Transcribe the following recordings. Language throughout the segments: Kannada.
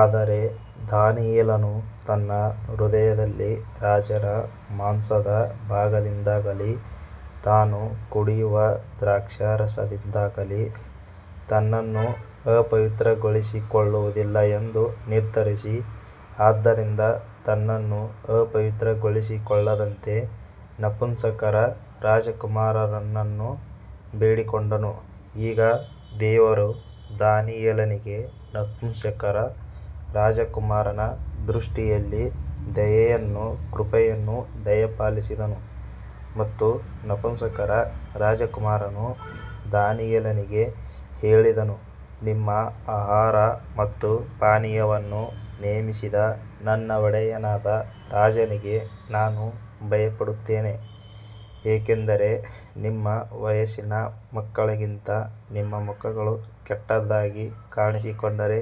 ಆದರೆ ದಾನಿಯೇಲನು ತನ್ನ ಹೃದಯದಲ್ಲಿ ರಾಜನ ಮಾಂಸದ ಭಾಗದಿಂದಾಗಲಿ ತಾನು ಕುಡಿಯುವ ದ್ರಾಕ್ಷಾರಸದಿಂದಾಗಲಿ ತನ್ನನ್ನು ಅಪವಿತ್ರಗೊಳಿಸಿಕೊಳ್ಳುವುದಿಲ್ಲ ಎಂದು ನಿರ್ಧರಿಸಿ, ಆದ್ದರಿಂದ ತನ್ನನ್ನು ಅಪವಿತ್ರಗೊಳಿಸಿಕೊಳ್ಳದಂತೆ ನಪುಂಸಕರ ರಾಜಕುಮಾರನನ್ನು ಬೇಡಿಕೊಂಡನು. ಈಗ ದೇವರು ದಾನಿಯೇಲನಿಗೆ ನಪುಂಸಕರ ರಾಜಕುಮಾರನ ದೃಷ್ಟಿಯಲ್ಲಿ ದಯೆಯನ್ನೂ ಕೃಪೆಯನ್ನೂ ದಯಪಾಲಿಸಿದನು. ಮತ್ತು ನಪುಂಸಕರ ರಾಜಕುಮಾರನು ದಾನಿಯೇಲನಿಗೆ ಹೇಳಿದನು, ನಿಮ್ಮ ಆಹಾರ ಮತ್ತು ಪಾನೀಯವನ್ನು ನೇಮಿಸಿದ ನನ್ನ ಒಡೆಯನಾದ ರಾಜನಿಗೆ ನಾನು ಭಯಪಡುತ್ತೇನೆ, ಏಕೆಂದರೆ ನಿಮ್ಮ ವಯಸ್ಸಿನ ಮಕ್ಕಳಿಗಿಂತ ನಿಮ್ಮ ಮುಖಗಳು ಕೆಟ್ಟದಾಗಿ ಕಾಣಿಸಿಕೊಂಡರೆ,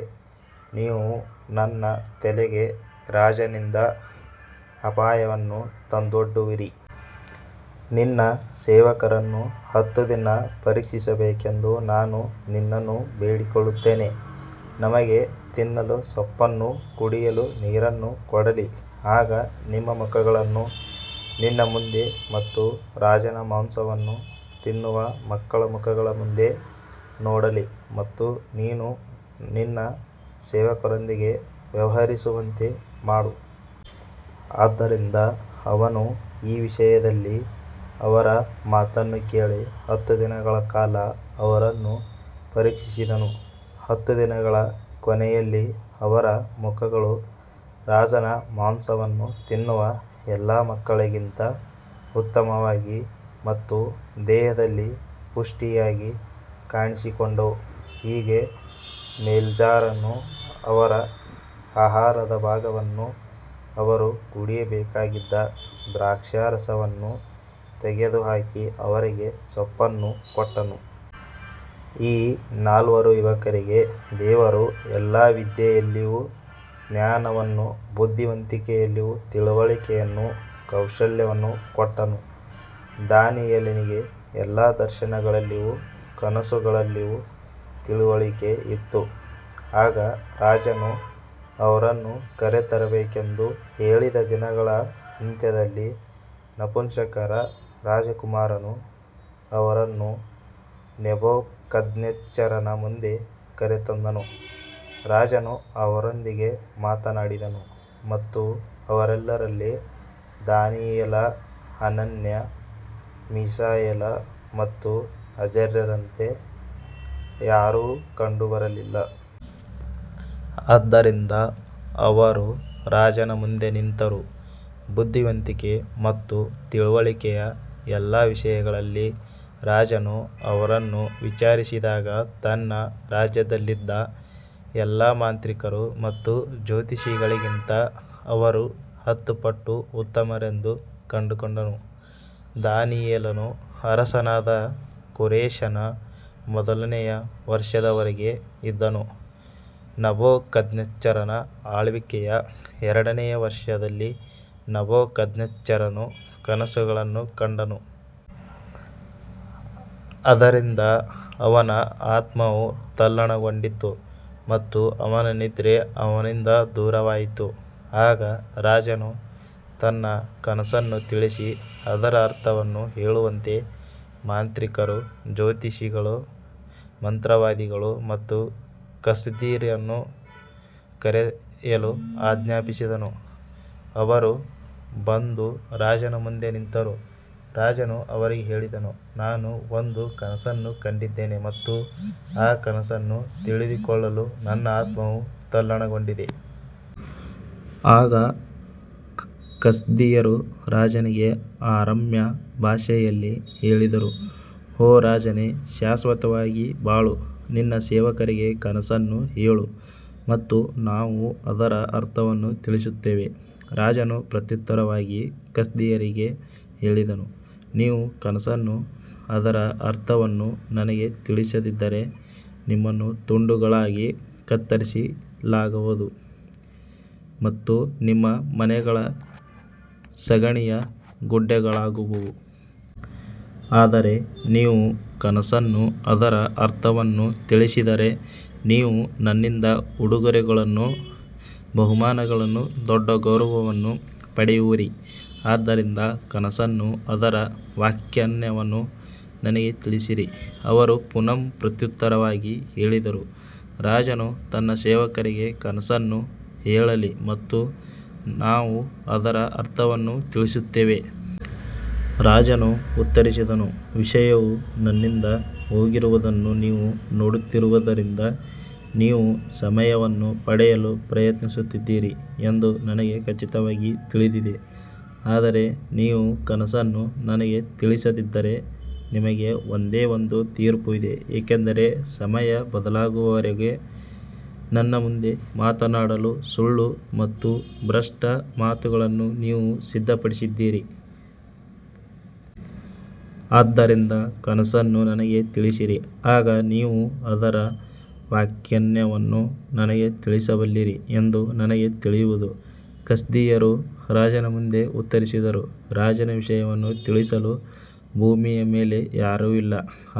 ನೀವು ನನ್ನ ತಲೆಗೆ ರಾಜನಿಂದ ಅಪಾಯವನ್ನು ತಂದೊಡ್ಡುವಿರಿ. ನಿನ್ನ ಸೇವಕರನ್ನು ಹತ್ತು ದಿನ ಪರೀಕ್ಷಿಸಬೇಕೆಂದು ನಾನು ನಿನ್ನನ್ನು ಬೇಡಿಕೊಳ್ಳುತ್ತೇನೆ. ನಮಗೆ ತಿನ್ನಲು ಸೊಪ್ಪನ್ನೂ ಕುಡಿಯಲು ನೀರನ್ನೂ ಕೊಡಲಿ. ಆಗ ನಮ್ಮ ಮುಖಗಳನ್ನು ನಿನ್ನ ಮುಂದೆ ಮತ್ತು ರಾಜನ ಮಾಂಸವನ್ನು ತಿನ್ನುವ ಮಕ್ಕಳ ಮುಖಗಳ ಮುಂದೆ ನೋಡಲಿ ಮತ್ತು ನೀನು ನಿನ್ನ ಸೇವಕರೊಂದಿಗೆ ವ್ಯವಹರಿಸುವಂತೆ ಮಾಡು. ಆದ್ದರಿಂದ ಅವನು ಈ ವಿಷಯದಲ್ಲಿ ಅವರ ಮಾತನ್ನು ಕೇಳಿ ಹತ್ತು ದಿನಗಳ ಕಾಲ ಅವರನ್ನು ಪರೀಕ್ಷಿಸಿದನು. ಹತ್ತು ದಿನಗಳ ಕೊನೆಯಲ್ಲಿ ಅವರ ಮುಖಗಳು ರಾಜನ ಮಾಂಸವನ್ನು ತಿನ್ನುವ ಎಲ್ಲಾ ಮಕ್ಕಳಿಗಿಂತ ಉತ್ತಮವಾಗಿ ಮತ್ತು ದೇಹದಲ್ಲಿ ಪುಷ್ಟಿಯಾಗಿ ಕಾಣಿಸಿಕೊಂಡವು. ಹೀಗೆ ಮೆಲ್ಜಾರನು ಅವರ ಆಹಾರದ ಭಾಗವನ್ನೂ ಅವರು ಕುಡಿಯಬೇಕಾಗಿದ್ದ ದ್ರಾಕ್ಷಾರಸವನ್ನೂ ತೆಗೆದುಹಾಕಿ ಅವರಿಗೆ ಸೊಪ್ಪನ್ನು ಕೊಟ್ಟನು. ಈ ನಾಲ್ವರು ಯುವಕರಿಗೆ ದೇವರು ಎಲ್ಲಾ ವಿದ್ಯೆಯಲ್ಲಿಯೂ ಜ್ಞಾನವನ್ನೂ ಬುದ್ಧಿವಂತಿಕೆಯಲ್ಲಿಯೂ ತಿಳುವಳಿಕೆಯನ್ನೂ ಕೌಶಲ್ಯವನ್ನೂ ಕೊಟ್ಟನು. ದಾನಿಯೇಲನಿಗೆ ಎಲ್ಲಾ ದರ್ಶನಗಳಲ್ಲಿಯೂ ಕನಸುಗಳಲ್ಲಿಯೂ ತಿಳುವಳಿಕೆ ಇತ್ತು. ಈಗ ರಾಜನು ಅವರನ್ನು ಕರೆತರಬೇಕೆಂದು ಹೇಳಿದ ದಿನಗಳ ಅಂತ್ಯದಲ್ಲಿ ನಪುಂಸಕರ ರಾಜಕುಮಾರನು ಅವರನ್ನು ನೆಬೂಕದ್ನೆಚ್ಚರನ ಮುಂದೆ ಕರೆತಂದನು. ರಾಜನು ಅವರೊಂದಿಗೆ ಮಾತನಾಡಿದನು ಮತ್ತು ಅವರೆಲ್ಲರಲ್ಲಿ ದಾನಿಯೇಲ, ಹನನ್ಯ, ಮಿಶಾಯೇಲ ಮತ್ತು ಅಜರ್ಯರಂತೆ ಯಾರೂ ಕಂಡುಬರಲಿಲ್ಲ. ಆದ್ದರಿಂದ ಅವರು ರಾಜನ ಮುಂದೆ ನಿಂತರು. ಬುದ್ಧಿವಂತಿಕೆ ಮತ್ತು ತಿಳುವಳಿಕೆಯ ಎಲ್ಲಾ ವಿಷಯಗಳಲ್ಲಿ ರಾಜನು ಅವರನ್ನು ವಿಚಾರಿಸಿದಾಗ, ತನ್ನ ರಾಜ್ಯದಲ್ಲಿದ್ದ ಎಲ್ಲಾ ಮಾಂತ್ರಿಕರು ಮತ್ತು ಜ್ಯೋತಿಷಿಗಳಿಗಿಂತ ಅವರು ಹತ್ತು ಪಟ್ಟು ಉತ್ತಮರೆಂದು ಕಂಡುಕೊಂಡನು. ದಾನಿಯೇಲನು ಅರಸನಾದ ಕೋರೆಷನ ಮೊದಲನೆಯ ವರ್ಷದವರೆಗೆ ಇದ್ದನು. ನೆಬೂಕದ್ನೆಚ್ಚರನ ಆಳ್ವಿಕೆಯ ಎರಡನೆಯ ವರ್ಷದಲ್ಲಿ ನೆಬೂಕದ್ನೆಚ್ಚರನು ಕನಸುಗಳನ್ನು ಕಂಡನು. ಅದರಿಂದ ಅವನ ಆತ್ಮವು ತಲ್ಲಣಗೊಂಡಿತು ಮತ್ತು ಅವನ ನಿದ್ರೆ ಅವನಿಂದ ದೂರವಾಯಿತು. ಆಗ ರಾಜನು ತನ್ನ ಕನಸನ್ನು ತಿಳಿಸಿ ಅದರ ಅರ್ಥವನ್ನು ಹೇಳುವಂತೆ ಮಾಂತ್ರಿಕರು, ಜ್ಯೋತಿಷಿಗಳು, ಮಂತ್ರವಾದಿಗಳು ಮತ್ತು ಕಸ್ದೀಯರನ್ನು ಕರೆಯಲು ಆಜ್ಞಾಪಿಸಿದನು. ಅವರು ಬಂದು ರಾಜನ ಮುಂದೆ ನಿಂತರು. ರಾಜನು ಅವರಿಗೆ ಹೇಳಿದನು, ನಾನು ಒಂದು ಕನಸನ್ನು ಕಂಡಿದ್ದೇನೆ ಮತ್ತು ಆ ಕನಸನ್ನು ತಿಳಿದುಕೊಳ್ಳಲು ನನ್ನ ಆತ್ಮವು ತಲ್ಲಣಗೊಂಡಿದೆ. ಆಗ ಕಸ್ದೀಯರು ರಾಜನಿಗೆ ಅರಾಮ್ಯ ಭಾಷೆಯಲ್ಲಿ ಹೇಳಿದರು, ಓ ರಾಜನೇ, ಶಾಶ್ವತವಾಗಿ ಬಾಳು. ನಿನ್ನ ಸೇವಕರಿಗೆ ಕನಸನ್ನು ಹೇಳು ಮತ್ತು ನಾವು ಅದರ ಅರ್ಥವನ್ನು ತಿಳಿಸುತ್ತೇವೆ. ರಾಜನು ಪ್ರತ್ಯುತ್ತರವಾಗಿ ಕಸ್ದೀಯರಿಗೆ ಹೇಳಿದನು, ನೀವು ಕನಸನ್ನೂ ಅದರ ಅರ್ಥವನ್ನೂ ನನಗೆ ತಿಳಿಸದಿದ್ದರೆ ನಿಮ್ಮನ್ನು ತುಂಡುಗಳಾಗಿ ಕತ್ತರಿಸಲಾಗುವುದು ಮತ್ತು ನಿಮ್ಮ ಮನೆಗಳು ಸಗಣಿಯ ಗುಡ್ಡೆಗಳಾಗುವವು. ಆದರೆ ನೀವು ಕನಸನ್ನೂ ಅದರ ಅರ್ಥವನ್ನೂ ತಿಳಿಸಿದರೆ ನೀವು ನನ್ನಿಂದ ಉಡುಗೊರೆಗಳನ್ನೂ ಬಹುಮಾನಗಳನ್ನೂ ದೊಡ್ಡ ಗೌರವವನ್ನೂ ಪಡೆಯುವಿರಿ. ಆದ್ದರಿಂದ ಕನಸನ್ನೂ ಅದರ ವ್ಯಾಖ್ಯಾನವನ್ನೂ ನನಗೆ ತಿಳಿಸಿರಿ. ಅವರು ಪುನಃ ಪ್ರತ್ಯುತ್ತರವಾಗಿ ಹೇಳಿದರು, ರಾಜನು ತನ್ನ ಸೇವಕರಿಗೆ ಕನಸನ್ನು ಹೇಳಲಿ ಮತ್ತು ನಾವು ಅದರ ಅರ್ಥವನ್ನು ತಿಳಿಸುತ್ತೇವೆ. ರಾಜನು ಉತ್ತರಿಸಿದನು, ವಿಷಯವು ನನ್ನಿಂದ ಹೋಗಿರುವುದನ್ನು ನೀವು ನೋಡುತ್ತಿರುವುದರಿಂದ ನೀವು ಸಮಯವನ್ನು ಪಡೆಯಲು ಪ್ರಯತ್ನಿಸುತ್ತಿದ್ದೀರಿ ಎಂದು ನನಗೆ ಖಚಿತವಾಗಿ ತಿಳಿದಿದೆ. ಆದರೆ ನೀವು ಕನಸನ್ನು ನನಗೆ ತಿಳಿಸದಿದ್ದರೆ ನಿಮಗೆ ಒಂದೇ ಒಂದು ತೀರ್ಪು ಇದೆ. ಏಕೆಂದರೆ ಸಮಯ ಬದಲಾಗುವವರೆಗೆ ನನ್ನ ಮುಂದೆ ಮಾತನಾಡಲು ಸುಳ್ಳು ಮತ್ತು ಭ್ರಷ್ಟ ಮಾತುಗಳನ್ನು ನೀವು ಸಿದ್ಧಪಡಿಸಿದ್ದೀರಿ. ಆದ್ದರಿಂದ ಕನಸನ್ನು ನನಗೆ ತಿಳಿಸಿರಿ. ಆಗ ನೀವು ಅದರ ವ್ಯಾಖ್ಯಾನವನ್ನೂ ನನಗೆ ತಿಳಿಸಬಲ್ಲಿರಿ ಎಂದು ನನಗೆ ತಿಳಿಯುವುದು. ಕಸ್ದೀಯರು ರಾಜನ ಮುಂದೆ ಉತ್ತರಿಸಿದರು, ರಾಜನ ವಿಷಯವನ್ನು ತಿಳಿಸಲು ಭೂಮಿಯ ಮೇಲೆ ಯಾರೂ ಇಲ್ಲ.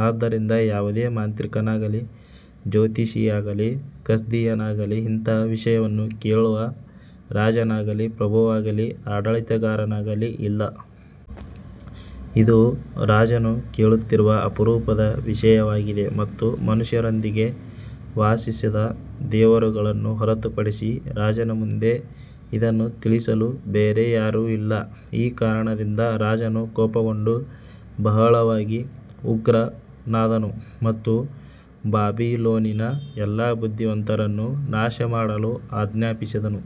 ಆದ್ದರಿಂದ ಯಾವುದೇ ಮಾಂತ್ರಿಕನಾಗಲಿ, ಜ್ಯೋತಿಷಿಯಾಗಲಿ, ಕಸ್ದೀಯನಾಗಲಿ ಇಂತಹ ವಿಷಯವನ್ನು ಕೇಳುವ ರಾಜನಾಗಲಿ, ಪ್ರಭುವಾಗಲಿ, ಆಡಳಿತಗಾರನಾಗಲಿ ಇಲ್ಲ. ಇದು ರಾಜನು ಕೇಳುತ್ತಿರುವ ಅಪರೂಪದ ವಿಷಯವಾಗಿದೆ ಮತ್ತು ಮನುಷ್ಯರೊಂದಿಗೆ ವಾಸಿಸದ ದೇವರುಗಳನ್ನು ಹೊರತುಪಡಿಸಿ ರಾಜನ ಮುಂದೆ ಇದನ್ನು ತಿಳಿಸಲು ಬೇರೆ ಯಾರೂ ಇಲ್ಲ. ಈ ಕಾರಣದಿಂದ ರಾಜನು ಕೋಪಗೊಂಡು ಬಹಳವಾಗಿ ಉಗ್ರನಾದನು ಮತ್ತು ಬಾಬಿಲೋನಿನ ಎಲ್ಲಾ ಬುದ್ಧಿವಂತರನ್ನು ನಾಶಮಾಡಲು ಆಜ್ಞಾಪಿಸಿದನು.